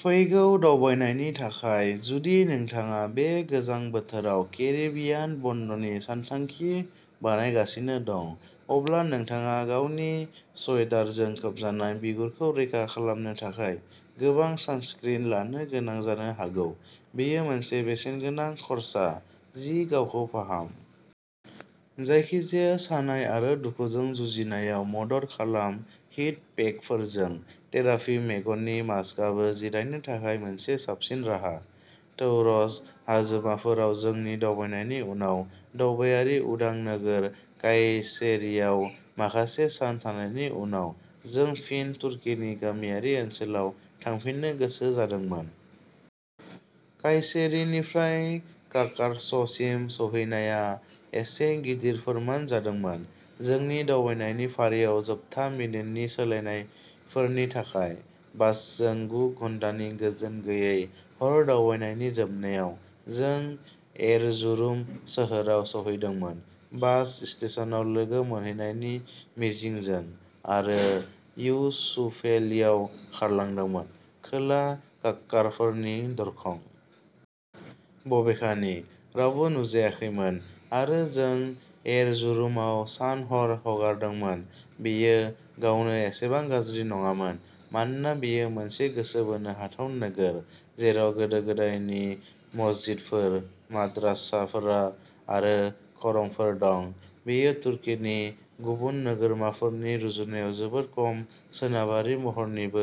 फैगौ दावबायनायनि थाखाय जुदि नोंथाङा बे गोजां बोथोराव केरिबियान बन्द'नि सानथांखि बानायगासिनो दं, अब्ला नोंथाङा गावनि स्वेटारजों खोबजानाय बिगुरखौ रैखा खालामनो थाखाय गोबां सानस्क्रिन लानो गोनां जानो हागौ। बेयो मोनसे बेसेनगोनां खर्सा। जि गावखौ फाहाम। जायखिजाया सानाय आरो दुखुजों जुजिनायाव मदद खालाम हिट पेकफोरजों। थेरापि मेगननि मास्कआबो जिरायनो थाखाय मोनसे साबसिन राहा। टौरस हाजोमाफोराव जोंनि दावबायनायनि उनाव दावबायारि उदां नोगोर कायसेरीआव माखासे सान थानायनि उनाव, जों फिन तुर्कीनि गामियारि ओनसोलाव थांफिननो गोसो जादोंमोन। कायसेरीनिफ्राय काकार्ससिम सौहैनाया एसे गिदिर फोरमान जादोंमोन, जोंनि दावबायनायनि फारियाव जोबथा मिनिटनि सोलायनायफोरनि थाखाय। बासजों गु घन्टानि गोजोन गैयै हर दावबायनायनि जोबनायाव, जों एरजुरुम सोहोराव सौहैदोंमोन, बास स्टेशनआव लोगो मोनहैनायनि मिजिंजों। आरो इउसुफेलिआव खारलांदोंमोन, खोला काक्कारफोरनि दरखं। बबेखानि, रावबो नुजायाखैमोन आरो जों एरजुरुमाव सान-हर हगारदोंमोन। बेयो गावनो एसेबां गाज्रि नङामोन, मानोना बेयो मोनसे गोसो बोनो हाथाव नोगोर, जेराव गोदो-गोदायनि मस्जिदफोर, माद्रासाफोर आरो खरंफोर दं। बेयो तुर्कीनि गुबुन नोगोरमाफोरनि रुजुनायाव जोबोद खम सोनाबारि महरनिबो,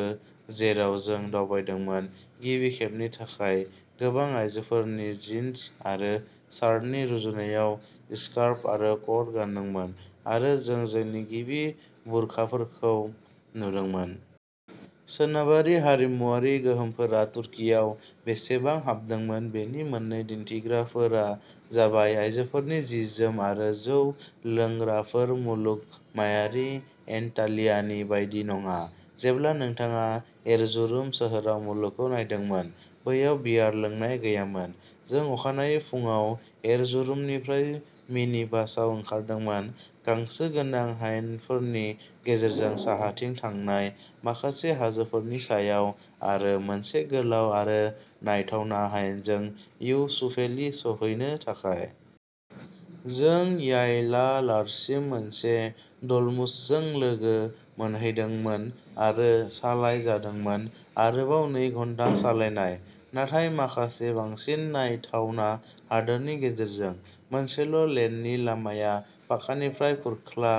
जेराव जों दावबायदोंमोन-गिबि खेबनि थाखाय गोबां आयजोफोरा जिन्स आरो शार्टनि रुजुनायाव स्कार्फ आरो कट गानदोंमोन, आरो जों जोंनि गिबि बुरखाफोरखौ नुदोंमोन। सोनाबारि हारिमुआरि गोहोमफोरा तुर्कीआव बेसेबां हाबदोंमोन बेनि मोननै दिन्थिग्राफोरा जाबाय आयजोफोरनि जि-जोम आरो जौ लोंग्राफोर-मुलुगमायारि एन्टालियानि बायदि नङा, जेब्ला नोंथाङा एरजुरुम सोहोराव मुलुगखौ नायदोंमोन, बैयाव बियार लोंनाय गैयामोन। जों अखानायै फुंआव एरजुरुमनिफ्राय मिनिबासआव ओंखारदोंमोन, गांसो गोनां हायेनफोरनि गेजेरजों साहाथिं थांनाय, माखासे हाजोफोरनि सायाव आरो मोनसे गोलाव आरो नायथावना हायेनजों इउसुफेलि सौहैनो थाखाय। जों यायलालारसिम मोनसे डल्मुसजों लोगो मोनहैदोंमोन आरो सालायजादोंमोन आरोबाव नै घन्टा सालायनाय, नाथाय माखासे बांसिन नायथावना हादोरनि गेजेरजों। मोनसेल' लेननि लामाया पाकानिफ्राय खुरख्ला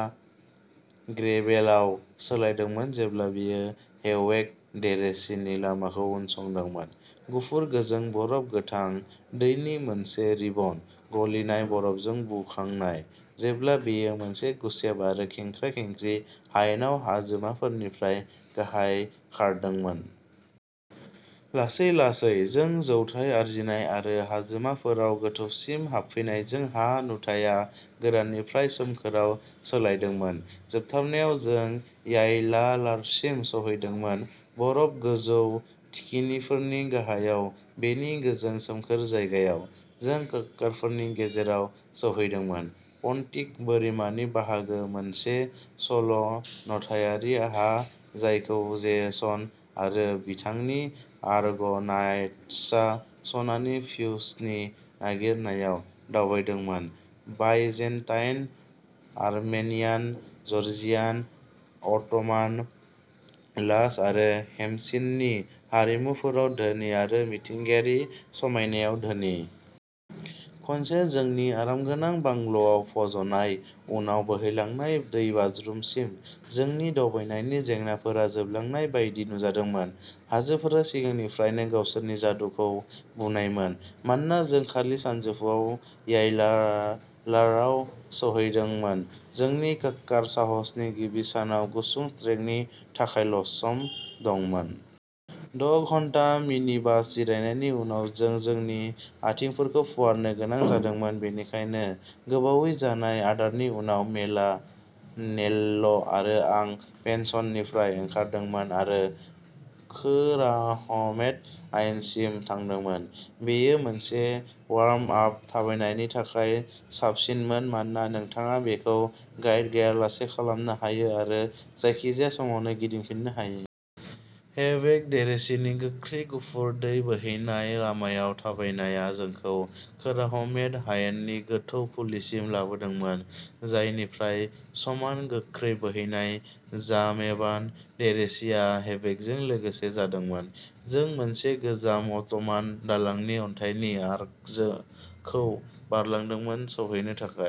ग्रेभेलआव सोलायदोंमोन जेब्ला बेयो हेवेक डेरेसिनि लामाखौ उनसंदोंमोन, गुफुर-गोजों बरफ गोथां दैनि मोनसे रिबन, गलिनाय बरफजों बुखांनाय, जेब्ला बेयो मोनसे गुसेब आरो खेंख्रा-खेंख्रि हायेनआव हाजोमाफोरनिफ्राय गाहायाव खारदोंमोन। लासै-लासै, जों जौथाय आरजिनाय आरो हाजोमाफोराव गोथौसिम हाबफैनायजों हा नुथाया गोराननिफ्राय सोमखोरआव सोलायदोंमोन, जोबथारनायाव जों यायलालारसिम सौहैदोंमोन, बरफ गोजौ थिखिनिफोरनि गाहायाव बेनि गोजोन सोमखोर जायगायाव। जों काक्कारफोरनि गेजेराव सौहैदोंमोन, पन्टिक बोरिमानि बाहागो मोनसे सल' नथायारि हा जायखौ जेसन आरो बिथांनि आर्ग'नाट्सआ सनानि फिउसनि नागिरनायाव दावबायदोंमोन, बाइजेन्टाइन, आर्मेनियान, जर्जियान, अट'मान, लाज आरो हेमसिननि हारिमुफोराव धोनि आरो मिथिंगायारि समायनायाव धोनि। खनसे जोंनि आरामगोनां बांल'आव फज'नाय उनाव बोहैलांनाय दैबाज्रुमसिम, जोंनि दावबायनायनि जेंनाफोरा जोबलांनाय बायदि नुजादोंमोन। हाजोफोरा सिगांनिफ्रायनो गावसोरनि जादुखौ बुनायमोन। मानोना जों खालि सानजौफुआव यायलालारआव सौहैदोंमोन, जोंनि काक्कार साहसनि गिबि सानाव गुसुं ट्रेकनि थाखायल'सम दंमोन। द' घन्टा मिनिबासआव जिरायनायनि उनाव जों जोंनि आथिंफोरखौ फुवारनो गोनां जादोंमोन, बेनिखायनो गोबावै जानाय आदारनि उनाव मेला नेल्ल' आरो आं पेन्सननिफ्राय ओंखारदोंमोन आरो कोराहमेट हायेनसिम थांदोंमोन। बेयो मोनसे वार्म आप थाबायनायनि थाखाय साबसिनमोन मानोना नोंथाङा बेखौ गाइड गैयालासे खालामनो हायो आरो जायखिजाया समावनो गिदिंफिन्नो हायो। हेवेक डेरेसिनि गोख्रै गुफुर दै बोहैनाय लामायाव थाबायनायआ जोंखौ कोराहमेट हायेननि गोथौ खुलिसिम लाबोदोंमोन, जायनिफ्राय समान गोख्रै बोहैनाय जामेवान डेरेसिआ हेवेकजों लोगो जादोंमोन। जों मोनसे गोजाम अट'मान दालांनि अन्थाइनि आर्कखौ बारलांदोंमोन सौहैनो थाखाय।